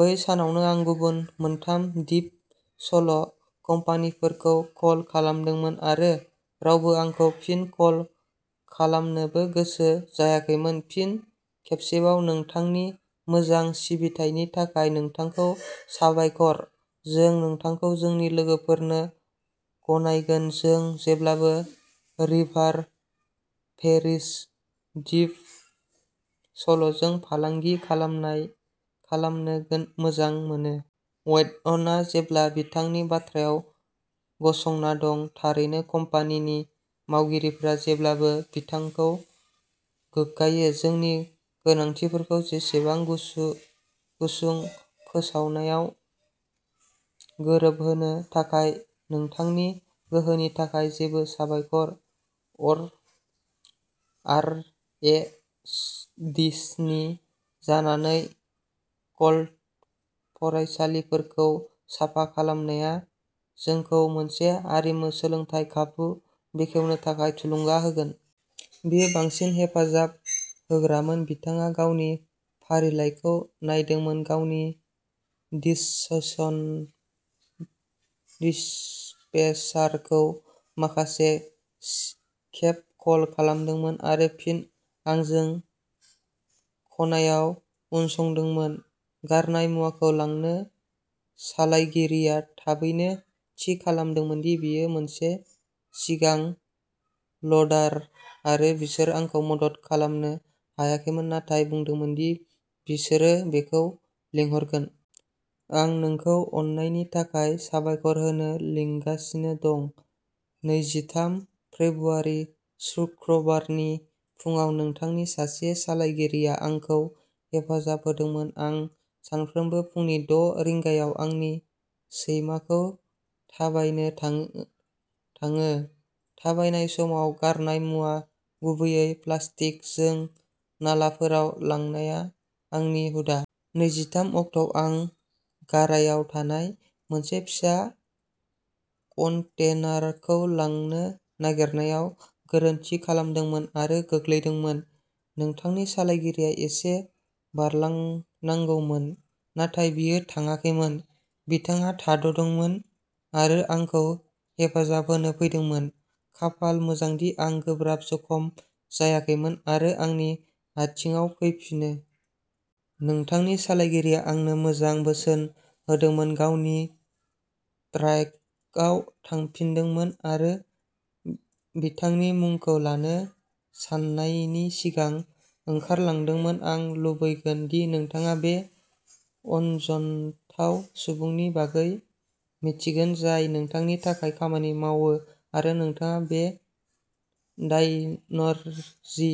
बै सानावनो आं गुबुन मोनथाम दिप'सल कम्पानिफोरखौ कल खालामदोंमोन आरो रावबो आंखौ फिन कल खालामनोबो गोसो जायाखैमोन। फिन खेबसेबाव, नोंथांनि मोजां सिबिथायनि थाखाय नोंथांखौ साबायखर। जों नोंथांखौ जोंनि लोगोफोरनो गनायगोन। जों जेब्लाबो रिभार पेरिश दिप'सलजों फालांगि खालामनाय खालामनो मोजां मोनो। वेल्डनआ जेब्लाबो बिथांनि बाथ्रायाव गसंना दं। थारैनो कम्पानिनि मावगिरिफोरा जेब्लाबो बिथांखौ गोग्गायो। जोंनि गोनांथिफोरखौ जेसेबां गुसु गुसुं फोसावनायाव गोरोबहोनो थाखाय नोंथांनि गोहोनि थाखाय जोबोद साबायखर। अर आरएडिसनि जानानै कल्टन फरायसालिखौ साफा खालामनाया जोंखौ मोनसे आरिमु सोलोंथाय खाबु बेखेवनो थाखाय थुलुंगा होगोन। बियो बांसिन हेफाजाब होग्रामोन। बिथाङा गावनि फारिलाइखौ नायदोंमोन, गावनि दिससिसन डिस्पेचारखौ माखासे खेब कल खालामदोंमोन आरो फिन आंजों खनायाव उनसंदोंमोन गारनाय मुवाखौ लांनो। सालायगिरिया थाबैनो थि खालामदोंमोन दि बेयो मोनसे सिगां लडार आरो बिसोर आंखौ मदद खालामनो हायाखैमोन नाथाय बुंदोंमोन दि बिसोरो बेखौ लिंहरगोन। आं नोंखौ अननायनि थाखाय साबायखर होनो लिरगासिनो दं। नैजिथाम फेब्रुआरि सुक्रुबारनि फुंआव नोंथांनि सासे सालायगिरिया आंखौ हेफाजाब होदोंमोन। आं सानफ्रोमबो फुंनि द' रिंगायाव आंनि सैमाखौ थाबायनो थाङो थाङो। थाबायनाय समाव गारनाय मुवा, गुबैयै प्लास्टिक, जों नालाफोराव लांनाया आंनि हुदा। नैजिथाम अक्ट'आव, आं गारायाव थानाय मोनसे फिसा कन्टेनारखौ लांनो नागिरनायाव गोरोन्थि खालामदोंमोन आरो गोग्लैदोंमोन। नोंथांनि सालायगिरिया एसे बारलांनांगौमोन, नाथाय बियो थाङाखैमोन। बिथाङा थाद'दोंमोन आरो आंखौ हेफाजाब होनो फैदोंमोन। खाफाल मोजांदि, आं गोब्राब जखम जायाखैमोन आरो आंनि आथिंआव फैफिनो। नोंथांनि सालायगिरिया आंनो मोजां बोसोन होदोंमोन, गावनि ट्राकआव थांफिनदोंमोन आरो बिथांनि मुंखौ लानो साननायनि सिगां ओंखारलांदोंमोन। आं लुबैगोन दि नोंथाङा बे अनजनथाव सुबुंनि बागै मिन्थिगोन जाय नोंथांनि थाखाय खामानि मावो, आरो नोंथाङा बे डायनरजि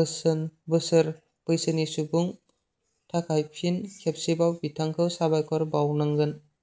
बोसोन बोसोर बैसोनि सुबुं थाखाय फिन खेबसेबाव बिथांखौ साबायखर बावनांगोन।